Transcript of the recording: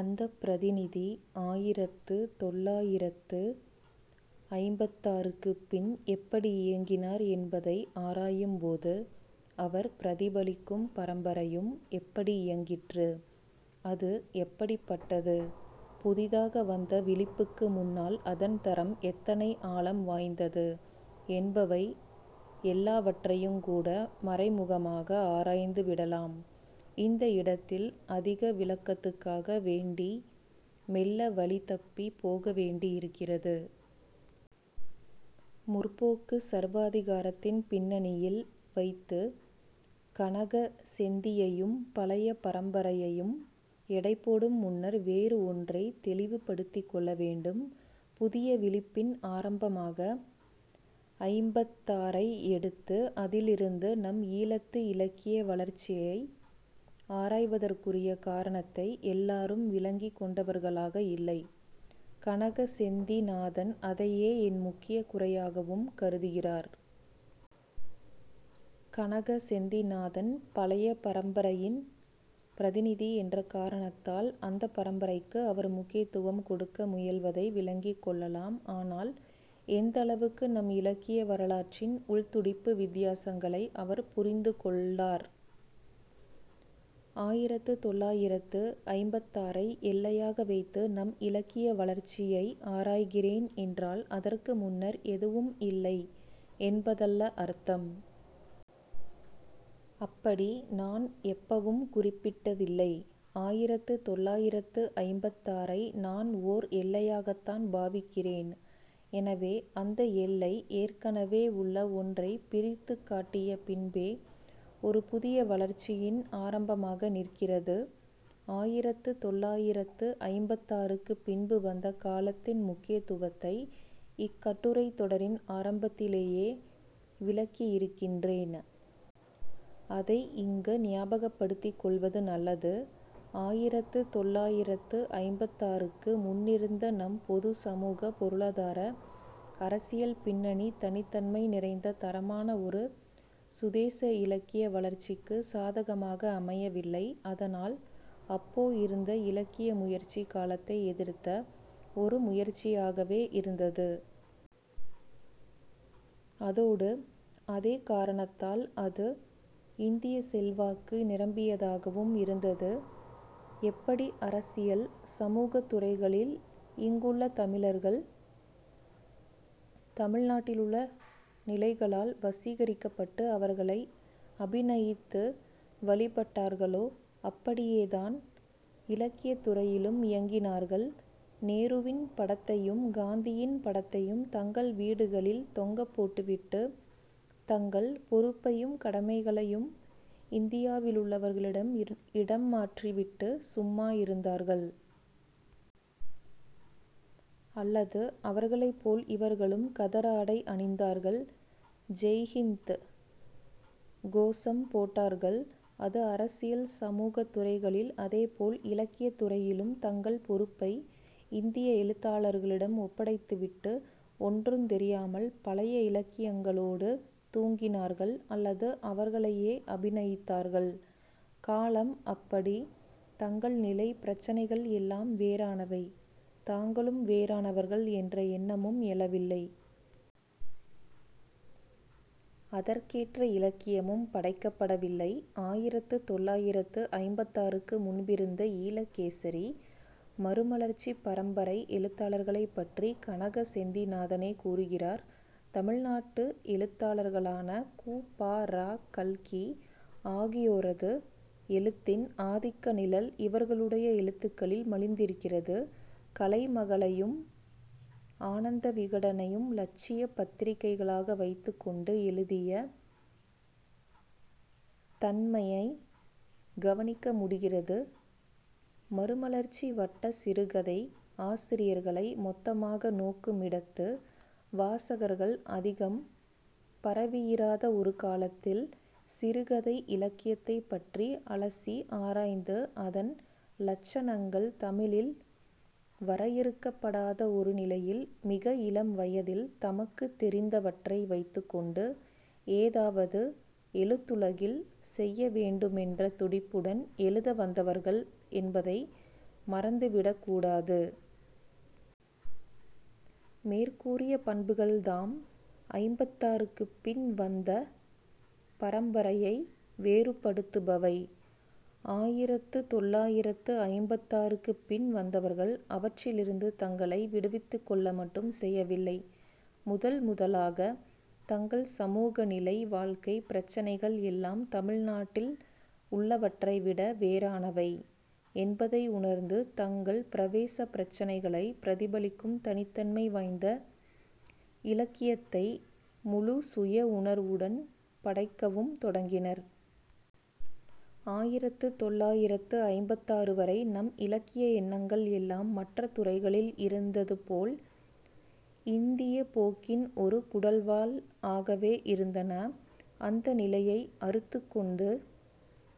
அந்தப் பிரதிநிதி ஆயிரத்து தொள்ளாயிரத்து ஐம்பத்தாறுக்குப் பின் எப்படி இயங்கினார் என்பதை ஆராயும்போது அவர் பிரதிபலிக்கும் பரம்பரையும் எப்படி இயங்கிற்று, அது எப்படிப்பட்டது, புதிதாக வந்த விழிப்புக்கு முன்னால் அதன் தரம் எத்தனை ஆழம் வாய்ந்தது என்பவை எல்லாவற்றையுங்கூட மறைமுகமாக ஆராய்ந்துவிடலாம். இந்த இடத்தில் அதிக விளக்கத்துக்காக வேண்டி மெல்ல வழி தப்பிப் போகவேண்டியிருக்கிறது. 'முற்போக்கு'ச் சர்வாதிகாரத்தின் பின்னணியில் வைத்துக் கனக செந்தியையும் பழைய பரம்பரையையும் எடைபோடும் முன்னர் வேறு ஒன்றைத் தெளிவுபடுத்திக்கொள்ள வேண்டும். புதிய விழிப்பின் ஆரம்பமாக ஐம்பத்தாறை எடுத்து அதிலிருந்து நம் ஈழத்து இலக்கிய வளர்ச்சியை ஆராய்வதற்குரிய காரணத்தை எல்லாரும் விளங்கிக்கொண்டவர்களாக இல்லை. கனக செந்திநாதன் அதையே என் முக்கியக் குறையாகவும் கருதுகிறார். கனக செந்திநாதன் பழைய பரம்பரையின் பிரதிநிதி என்ற காரணத்தால் அந்தப் பரம்பரைக்கு அவர் முக்கியத்துவம் கொடுக்க முயல்வதை விளங்கிக்கொள்ளலாம். ஆனால் எந்தளவுக்கு நம் இலக்கிய வரலாற்றின் உள்துடிப்பு வித்தியாசங்களை அவர் புரிந்துகொள்ளார். ஆயிரத்து தொள்ளாயிரத்து ஐம்பத்தாறை எல்லையாக வைத்து நம் இலக்கிய வளர்ச்சியை ஆராய்கிறேன் என்றால் அதற்கு முன்னர் எதுவும் இல்லை என்பதல்ல அர்த்தம். அப்படி நான் எப்பவும் குறிப்பிட்டதில்லை. ஆயிரத்து தொள்ளாயிரத்து ஐம்பத்தாறை நான் ஓர் எல்லையாகத்தான் பாவிக்கிறேன். எனவே, அந்த எல்லை ஏற்கனவே உள்ள ஒன்றைப் பிரித்துக் காட்டிய பின்பே ஒரு புதிய வளர்ச்சியின் ஆரம்பமாக நிற்கிறது. ஆயிரத்து தொள்ளாயிரத்து ஐம்பத்தாறுக்குப் பின்பு வந்த காலத்தின் முக்கியத்துவத்தை இக்கட்டுரைத் தொடரின் ஆரம்பத்திலேயே விளக்கியிருக்கின்றேன். அதை இங்கு ஞாபகப்படுத்திக்கொள்வது நல்லது. ஆயிரத்து தொள்ளாயிரத்து ஐம்பத்தாறுக்கு முன்னிருந்த நம் பொதுச் சமூக, பொருளாதார, அரசியல் பின்னணி தனித்தன்மை நிறைந்த தரமான ஒரு சுதேச இலக்கிய வளர்ச்சிக்குச் சாதகமாக அமையவில்லை. அதனால் அப்போ இருந்த இலக்கிய முயற்சி காலத்தை எதிர்த்த ஒரு முயற்சியாகவே இருந்தது. அதோடு அதே காரணத்தால் அது இந்தியச் செல்வாக்கு நிரம்பியதாகவும் இருந்தது. எப்படி அரசியல் சமூகத்துறைகளில் இங்குள்ள தமிழர்கள் தமிழ்நாட்டிலுள்ள நிலைகளால் வசீகரிக்கப்பட்டு அவர்களை அபிநயித்து வழிபட்டார்களோ அப்படியேதான் இலக்கியத்துறையிலும் இயங்கினார்கள். நேருவின் படத்தையும் காந்தியின் படத்தையும் தங்கள் வீடுகளில் தொங்கப்போட்டுவிட்டு, தங்கள் பொறுப்பையும் கடமைகளையும் இந்தியாவிலுள்ளவர்களிடம் இடம் மாற்றிவிட்டு சும்மா இருந்தார்கள். அல்லது அவர்களைப்போல் இவர்களும் கதர் ஆடை அணிந்தார்கள். 'ஜெய் ஹிந்த்' கோசம் போட்டார்கள். அது அரசியல் சமூகத்துறைகளில். அதேபோல் இலக்கியத்துறையிலும் தங்கள் பொறுப்பை இந்திய எழுத்தாளர்களிடம் ஒப்படைத்துவிட்டு ஒன்றுந் தெரியாமல் பழைய இலக்கியங்களோடு தூங்கினார்கள் அல்லது அவர்களையே அபிநயித்தார்கள். காலம் அப்படி. தங்கள் நிலை, பிரச்சினைகள் எல்லாம் வேறானவை, தாங்களும் வேறானவர்கள் என்ற எண்ணமும் எழவில்லை. அதற்கேற்ற இலக்கியமும் படைக்கப்படவில்லை. ஆயிரத்து தொள்ளாயிரத்து ஐம்பத்தாறுக்கு முன்பிருந்த ஈழகேசரி, மறுமலர்ச்சிப் பரம்பரை எழுத்தாளர்களைப்பற்றி கனக செந்திநாதனே கூறுகிறார். தமிழ்நாட்டு எழுத்தாளர்களான கு. ப. ரா. 'கல்கி' ஆகியோரது எழுத்தின் ஆதிக்க நிழல் இவர்களுடைய எழுத்துகளில் மலிந்திருக்கிறது. 'கலைமகளை'யும் 'ஆனந்தவிகடனை'யும் இலட்சியப் பத்திரிகைகளாக வைத்துக்கொண்டு எழுதிய தன்மையைக் கவனிக்க முடிகிறது மறுமலர்ச்சி வட்டச் சிறுகதை ஆசிரியர்களை மொத்தமாக நோக்குமிடத்து வாசகர்கள் அதிகம் பரவியிராத ஒரு காலத்தில், சிறுகதை இலக்கியத்தைப்பற்றி அலசி ஆராய்ந்து அதன் இலட்சணங்கள் தமிழில் வரையறுக்கப்படாத ஒரு நிலையில், மிக இளம்வயதில் தமக்குத் தெரிந்தவற்றை வைத்துக்கொண்டு, ஏதாவது எழுத்துலகில் செய்யவேண்டுமென்ற துடிப்புடன் எழுத வந்தவர்கள் என்பதை மறந்துவிடக் கூடாது. மேற்கூறிய பண்புகள்தாம் ஐம்பத்தாறுக்குப் பின் வந்த பரம்பரையை வேறுபடுத்துபவை. ஆயிரத்து தொள்ளாயிரத்து ஐம்பத்தாறுக்குப் பின் வந்தவர்கள் அவற்றிலிருந்து தங்களை விடுவித்துக்கொள்ள மட்டும் செய்யவில்லை; முதல் முதலாகத் தங்கள் சமூகநிலை, வாழ்க்கை, பிரச்சினைகள் எல்லாம் தமிழ்நாட்டில் உள்ளவற்றை விட வேறானவை என்பதை உணர்ந்து தங்கள் பிரவேசப் பிரச்சினைகளைப் பிரதிபலிக்கும் தனித்தன்மை வாய்ந்த இலக்கியத்தை முழுச் சுயஉணர்வுடன் படைக்கவும் தொடங்கினர். ஆயிரத்து தொள்ளாயிரத்து ஐம்பத்தாறு வரை நம் இலக்கிய எண்ணங்கள் எல்லாம் மற்ற துறைகளில் இருந்ததுபோல் இந்தியப் போக்கின் ஒரு குடல்வால் ஆகவே இருந்தன. அந்த நிலையை அறுத்துக்கொண்டு